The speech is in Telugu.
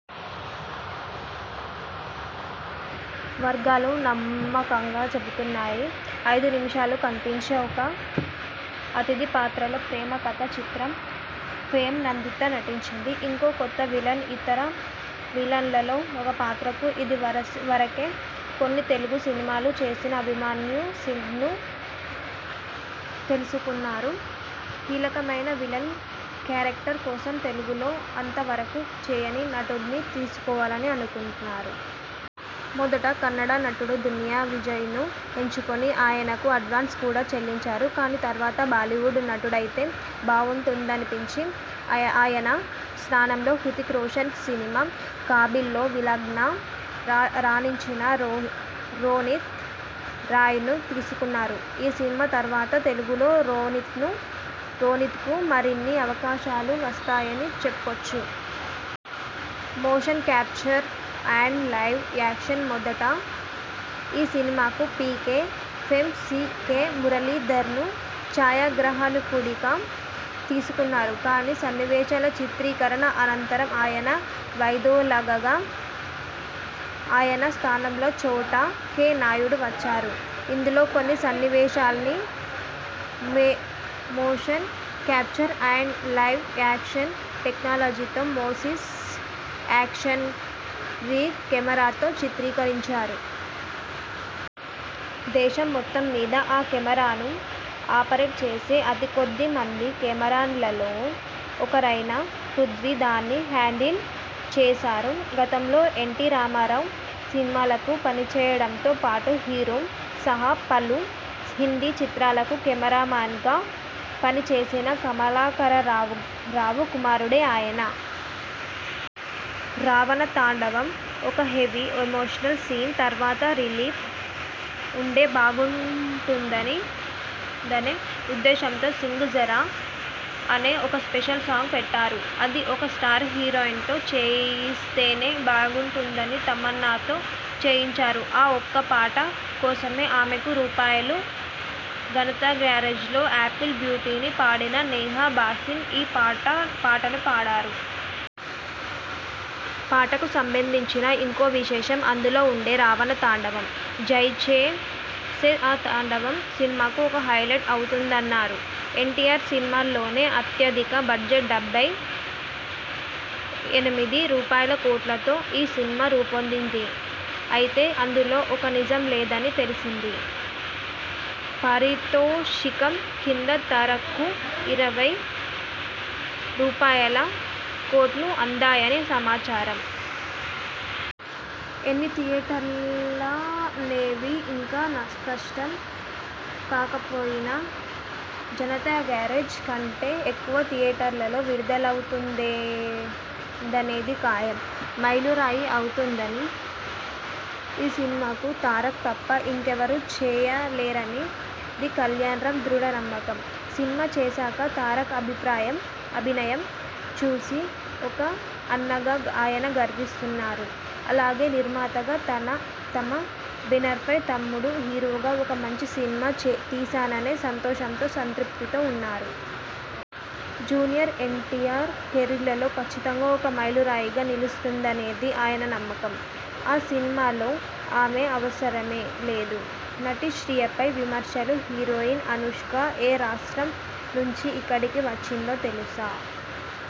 వర్గాలు నమ్మకంగా చెబుతున్నాయి. ఐదు నిమిషాలు కనిపించే ఒక అతిథి పాత్రలో 'ప్రేమకథా చిత్రమ్' ఫేమ్ నందిత నటించింది. ఇంకో కొత్త విలన్ ఇతర విలన్ల లో ఓ పాత్రకు ఇది వరకే కొన్ని తెలుగు సినిమాలు చేసిన అభిమన్యు సింగ్ను తీసుకున్నారు. కీలకమైన విలన్ కేరక్టర్ కోసం తెలుగులో అంతవరకూ చేయని నటుడ్ని తీసుకోవాలని అనుకున్నారు. మొదట కన్నడ నటుడు దునియా విజయ్ను ఎంచుకొని, ఆయనకు అడ్వాన్స్ కూడా చెల్లించారు. కానీ తర్వాత బాలీవుడ్ నటుడైతే బావుంటుందనిపించి, ఆయన స్థానంలో హృతిక్ రోషన్ సినిమా 'కాబిల్'లో విలన్గా రాణించిన రోణిత్ రాయ్ను తీసుకున్నారు. ఈ సినిమా తర్వాత తెలుగులో రోణిత్కు మరిన్ని అవకాశాలు వస్తాయని చెప్పొచ్చు. Motion capture and live action మోదట ఈ సినిమాకు 'పీకే' ఫేమ్ సి. కె. మురళీధరన్ను ఛాయాగ్రాహకునిగా తీసుకున్నారు. కొన్ని సన్నివేశాల చిత్రీకరణ అనంతరం ఆయన వైదొలగగా, ఆయన స్థానంలో చోటా కె. నాయుడు వచ్చారు. ఇందులో కొన్ని సన్నివేశాల్ని 'motion capture and live action' టెక్నాలజీతో 'మోసిస్ యాక్షన్ రిగ్' కెమెరాతో చిత్రీకరించారు. దేశం మొత్తం మీద ఆ కెమెరాను ఆపరేట్ చేసే అతి కొద్ది మంది కెమెరామన్లలో ఒకరైన పృథ్వీ దాన్ని హ్యాండిల్ చేశారు. గతంలో ఎన్టీ రామారావు సినిమాలకు పనిచేయడంతో పాటు 'హీరో' సహా పలు హిందీ చిత్రాలకు కెమెరామన్గా పని చేసిన, కమలాకరరావు కుమారుడే ఆయన. రావణ తాండవం! ఒక హెవీ ఎమోషనల్ సీన్ తర్వాత రిలీఫ్ ఉంటే బాగుంటుందనే ఉద్దేశంతో 'సింగ్ జరా' అనే ఓ స్పెషల్ సాంగ్ పెట్టారు. అదీ ఒక స్టార్ హీరోయిన్తో చేయిస్తేనే బాగుంటుందని తమన్నాతో చేయించారు. ఆ ఒక్క పాట కోసమే ఆమెకు రూపాయలు 'జనతా గ్యారేజ్'లో 'యాపిల్ బ్యూటీ'ని పాడిన నేహా భాసిన్ ఈ పాటను పాడారు. పాటకు సంబంధించిన ఇంకో విశేషం అందులో ఉండే 'రావణ తాండవం'. జై చేసే ఆ తాండవం సినిమాకు ఒక హైలైట్ అవుతుందంటున్నారు. ఎన్టీఆర్ సినిమాల్లోనే అత్యధిక బడ్జెట్ డెబ్బై ఎనిమిది రూపాయల కోట్లతో ఈ సినిమా రూపొందింది. అయితే అందులో నిజం లేదని తెలిసింది. పారితోషికం కింద తారక్కు ఇరవై రూపాయల కోట్లు అందాయని సమాచారం. ఎన్ని థియేటర్లనేవి ఇంకా స్పష్టం కాకపోయినా 'జనతా గ్యారేజ్' కంటే ఎక్కువ థియేటర్లలో విడుదలవుతుందనేది ఖాయం. మైలురాయి అవుతుందని ఈ సినిమాను తారక్ తప్ప ఇంకెవరూ చేయలేరనేది కల్యాణ్రామ్ దృఢ నమ్మకం. సినిమా చూశాక తారక్ అభినయం చూసి, ఒక అన్నగా ఆయన గర్విస్తున్నారు. అలాగే నిర్మాతగా తమ బేనర్పై తమ్ముడు హీరోగా ఒక మంచి సినిమా తీశాననే సంతోషంతో, సంతృప్తితో ఉన్నారు. జూనియర్ ఎన్టీఆర్ కెరీర్లో కచ్చితంగా ఒక మైలురాయిగా నిలుస్తుందనేది ఆయన నమ్మకం. 'ఆ సినిమాలో ఆమె అవసరమే లేదు' నటి శ్రియపై విమర్శలు హీరోయిన్ అనుష్క ఏ రాష్ట్రం నుంచి ఇక్కడికి వచ్చిందో తెలుసా?